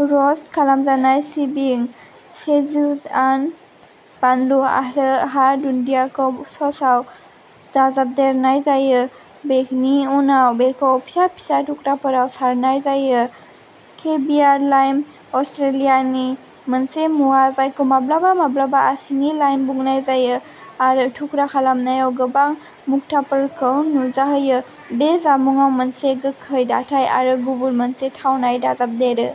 Roast खालामनाय सिबिं, Szechuan बानलु आरो हा-दुन्दियाखौ ससआव दाजाबदेरनाय जायो, बेनि उनाव बेखौ फिसा फिसा थुख्राफोराव सारनाय जायो। केभियार लाइम-अस्ट्रेलियानि मोनसे मुवा जायखौ माब्लाबा माब्लाबा आसिनि लाइम बुंनाय जायो आरो थुख्रा खालामनायाव गोथां मुक्ताफोरखौ नुजाहोयो-बे जामुंआव मोनसे गोखै दाथाय आरो गुबुन मोनसे थावनाय दाजाबदेरो।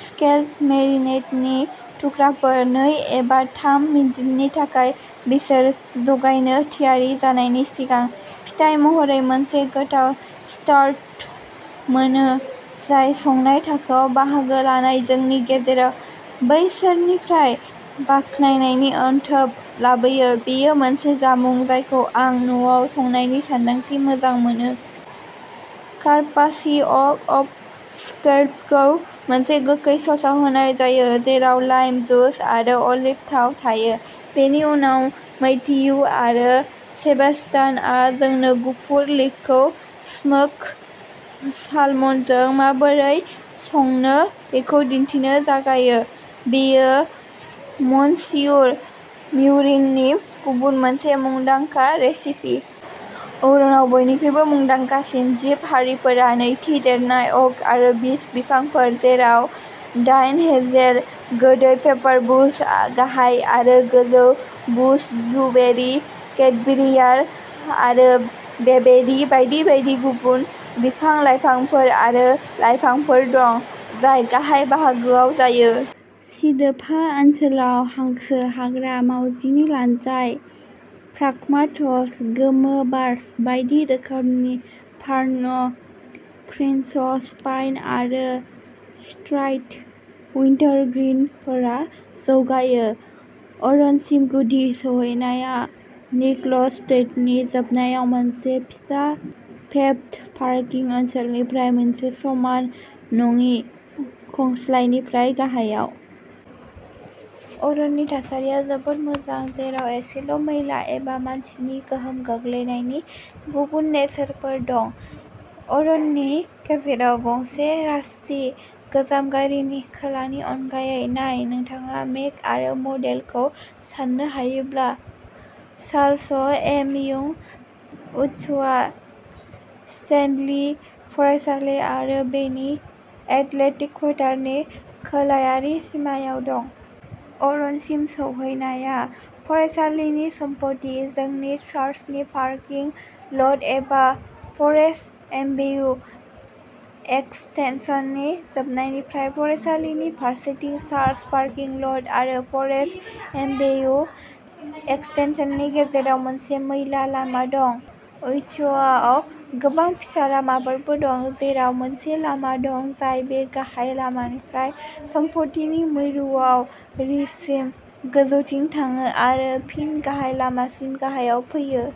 स्कैलप मेरिनेडनि थुख्राफोरा नै एबा थाम मिनिटनि थाखाय बिसोर जगायनो थियारि जानायनि सिगां। फिथाय महरै मोनसे गोथाव स्टार्टार मोनो, जाय संनाय थाखोआव बाहागो लानाय जोंनि गेजेराव बैसोरनिफ्राय बाखनायनायनि अन्थोब लाबोयो। बेयो मोनसे जामुं जायखौ आं न'आव संनायनि सानदांथि मोजां मोनो। कार्पासिअ'अफ स्कैलपखौ मोनसे गोखै ससआव होनाय जायो, जेराव लाइम जुस आरो अलिभ थाव थायो। बेनि उनाव मैथियु आरो सेबास्तियानआ जोंनो गुफुर लिकखौ स्मोक्ड सालमनजों माबोरै संनो बेखौ दिन्थिनो जागायो। "बेयो मन्सियुर म्यूरिननि गुबुन मोनसे मुंदांखा रेसिपि। अरनाव बयनिख्रुइबो मुंदांखासिन जिब-हारिफोरा नैथि देरनाय अक आरो बीच बिफांफोर, जेराव डायन हेजेल, गोदै पेपारबुश, गाहाय आरो गोजौ बुश ब्लुबेरि, केटब्रियार आरो बेबेरि बायदि बायदि गुबुन बिफां-लाइफांफोर आरो लायफांफोर दं, जाय गाहाय बाहागोआव जायो। सिदोब हा ओनसोलाव, हांसो हाग्रा, मावजिनि लानजाय, फ्राग्माइट्स, गोमो बार्च, बायदि रोखोमनि फार्न, प्रिन्स'स पाइन आरो स्ट्राइप्ड उइन्टारग्रीनफोरा जौगायो। अरनसिम गुदि सौहैनाया निकोल्स स्ट्रीटनि जोबनायाव मोनसे फिसा पेभ्ड पार्किं ओनसोलनिफ्राय मोनसे समान नङि खंस्लायनिफ्राय गाहायाव। अरननि थासारिया जोबोद मोजां, जेराव एसेल'मैला एबा मानसिनि गोहोम गोग्लैनायनि गुबुन नेरसोनफोर दं-अरननि गेजेराव गंसे रास्टि गोजाम गारिनि खोलानि अनगायै! नाय! नोंथाङा मेक आरो मडेलखौ सान्नो हायोब्ला? Charles M. इउइं उड्सआ स्टेनलि फरायसालि आरो बेनि एथलेटिक फोथारनि खोलायारि सिमायाव दं। अरनसिम सौहैनाया फरायसालिनि सम्पथि, जोंनि चार्चनि पार्किं ल'ट, एबा फरेस्ट एभेन्यु एक्सटेनसननि जोबनायनिफ्राय। फरायसालिनि फारसेथिं, चार्च पार्किं ल'ट आरो फरेस्ट एभेन्यु एक्सटेनसननि गेजेराव मोनसे मैला लामा दं। उड्सआव गोबां फिसा लामाफोरबो दं, जेराव मोनसे लामा दं जाय बे गाहाय लामानिफ्राय सम्पथिनि मिरुआव रिजसिम गोजौथिं थाङो आरो फिन गाहाय लामासिम गाहायाव फैयो।